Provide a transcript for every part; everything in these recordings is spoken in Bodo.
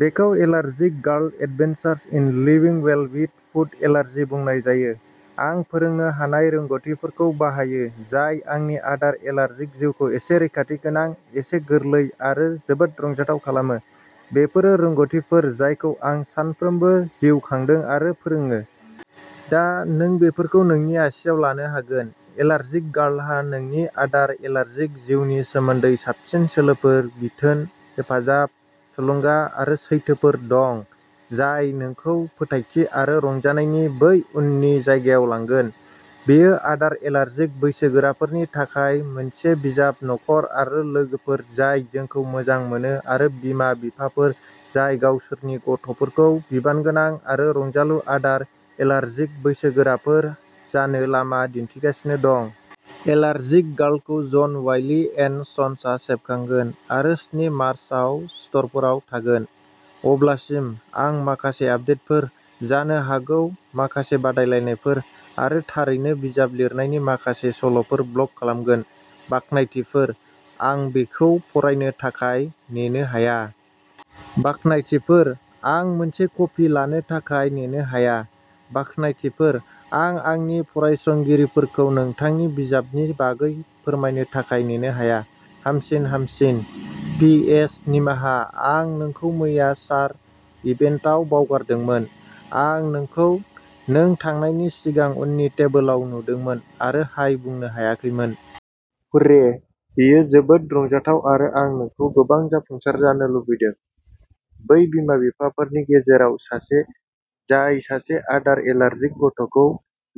बेखौ allergic girl adventures in living well with food allergy बुंनाय जायो। आं फोरोंनो हानाय रोंग'थिफोरखौ बाहायो जाय आंनि आदार एलार्जिक जिउखौ एसे रैखाथि गोनां, एसे गोरलै आरो जोबोद रंजाथाव खालामो। बेफोरो रोंग'थिफोर जायखौ आं सानफ्रोमबो जिउ खांदों आरो फोरोङो। दा, नों बेफोरखौ नोंनि आसिआव लानो हागोन। एलार्जिक गार्लहा नोंनि आदार एलार्जिक जिउनि सोमोन्दै साबसिन सोलोफोर, बिथोन, हेफाजाब, थुलुंगा आरो सैथोफोर दं जाय नोंखौ फोथायथि आरो रंजानायनि बै उननि जायगायाव लांगोन। बेयो आदार एलार्जिक बैसोगोराफोरनि थाखाय मोनसे बिजाब न'खर आरो लोगोफोर जाय जोंखौ मोजां मोनो आरो बिमा बिफाफोर जाय गावसोरनि गथ'फोरखौ बिबानगोनां आरो रंजालु आदार एलार्जिक बैसोगोराफोर जानो लामा दिन्थिगासिनो दं। एलार्जिक गार्लखौ जन वाइलि एन्ड सन्सआ सेबखांगोन आरो स्नि मार्च, आव स्ट'रफोराव थागोन। अब्लासिम, आं माखासे आपदेटफोर, जानो हागौ माखासे बादायलायनायफोर आरो थारैनो बिजाब लिरनायनि माखासे सल'फोर ब्लग खालामगोन। बाख्नायथिफोर! आं बेखौ फरायनो थाखाय नेनो हाया। बाख्नायथिफोर! आं मोनसे कपि लानो थाखाय नेनो हाया! बाख्नायथिफोर! आं आंनि फरायसंगिरिफोरखौ नोंथांनि बिजाबनि बागै फोरमायनो थाखाय नेनो हाया। हामसिन हामसिन। पि. एस. निमाहा आं नोंखौ मैया शार इभेन्टआव बावगारदोंमोन। आं नोंखौ नों थांनायनि सिगां उननि टेबोलाव नुदोंमोन आरो हाय बुंनो हायाखैमोन। हुर्रे! बेयो जोबोद रंजाथाव आरो आं नोंखौ गोबां जाफुंसार जानो लुबैदों। बै बिमा बिफाफोरनि गेजेराव सासे जाय सासे आदार एलार्जिक गथ'खौ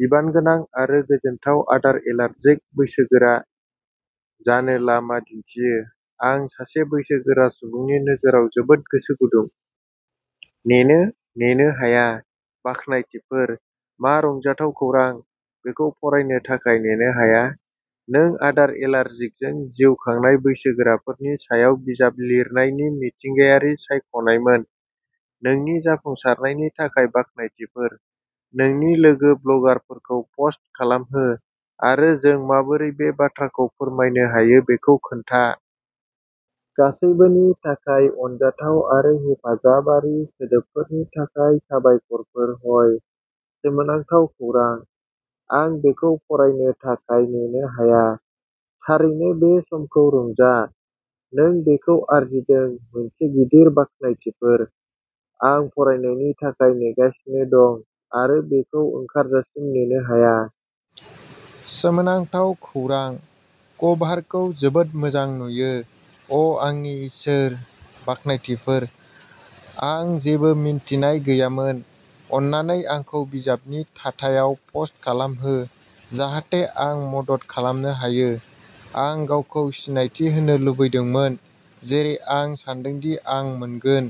"बिबानगोनां आरो गोजोनथाव आदार एलार्जिक बैसोगोरा" जानो लामा दिन्थियो। आं सासे बैसोगोरा सुबुंनि नोजोराव जोबोद गोसो गुदुं। नेनो नेनो हाया! बाख्नायथिफोर! मा रंजाथाव खौरां बेखौ फरायनो थाखाय नेनो हाया! नों आदार एलार्जिकजों जिउ खांनाय बैसोगोराफोरनि सायाव बिजाब लिरनायनि मिथिंगायारि सायख'नायमोन। नोंनि जाफुंसारनायनि थाखाय बाख्नायथिफोर! नोंनि लोगो ब्लगारफोरखौ पस्ट खालामहो आरो जों माबोरै बे बाथ्राखौ फोरमायनो हायो बेखौ खोन्था। गासैबोनि थाखाय अनजाथाव आरो हेफाजाबारि सोदोबफोरनि थाखाय साबायखरफोर हय! सोमोनांथाव खौरां! आं बेखौ फरायनो थाखाय नेनो हाया। थारैनो बे समखौ रंजा। नों बेखौ आरजिदों! मोनसे गिदिर बाख्नायथिफोर! आं फरायनायनि थाखाय नेगासिनो दं आरो बेखौ ओंखारजासिम नेनो हाया। सोमोनांथाव खौरां! कभारखौ जोबोद मोजां नुयो। अ'आंनि इसोर, बाख्नायथिफोर! आं जेबो मिन्थिनाय गैयामोन। अन्नानै आंखौ बिजाबनि थाथायाव पस्ट खालामहो जाहाथे आं मदद खालामनो हायो! आं गावखौ सिनायथि होनो लुबैदोंमोन जेरै आं सान्दोंदि आं मोनगोन।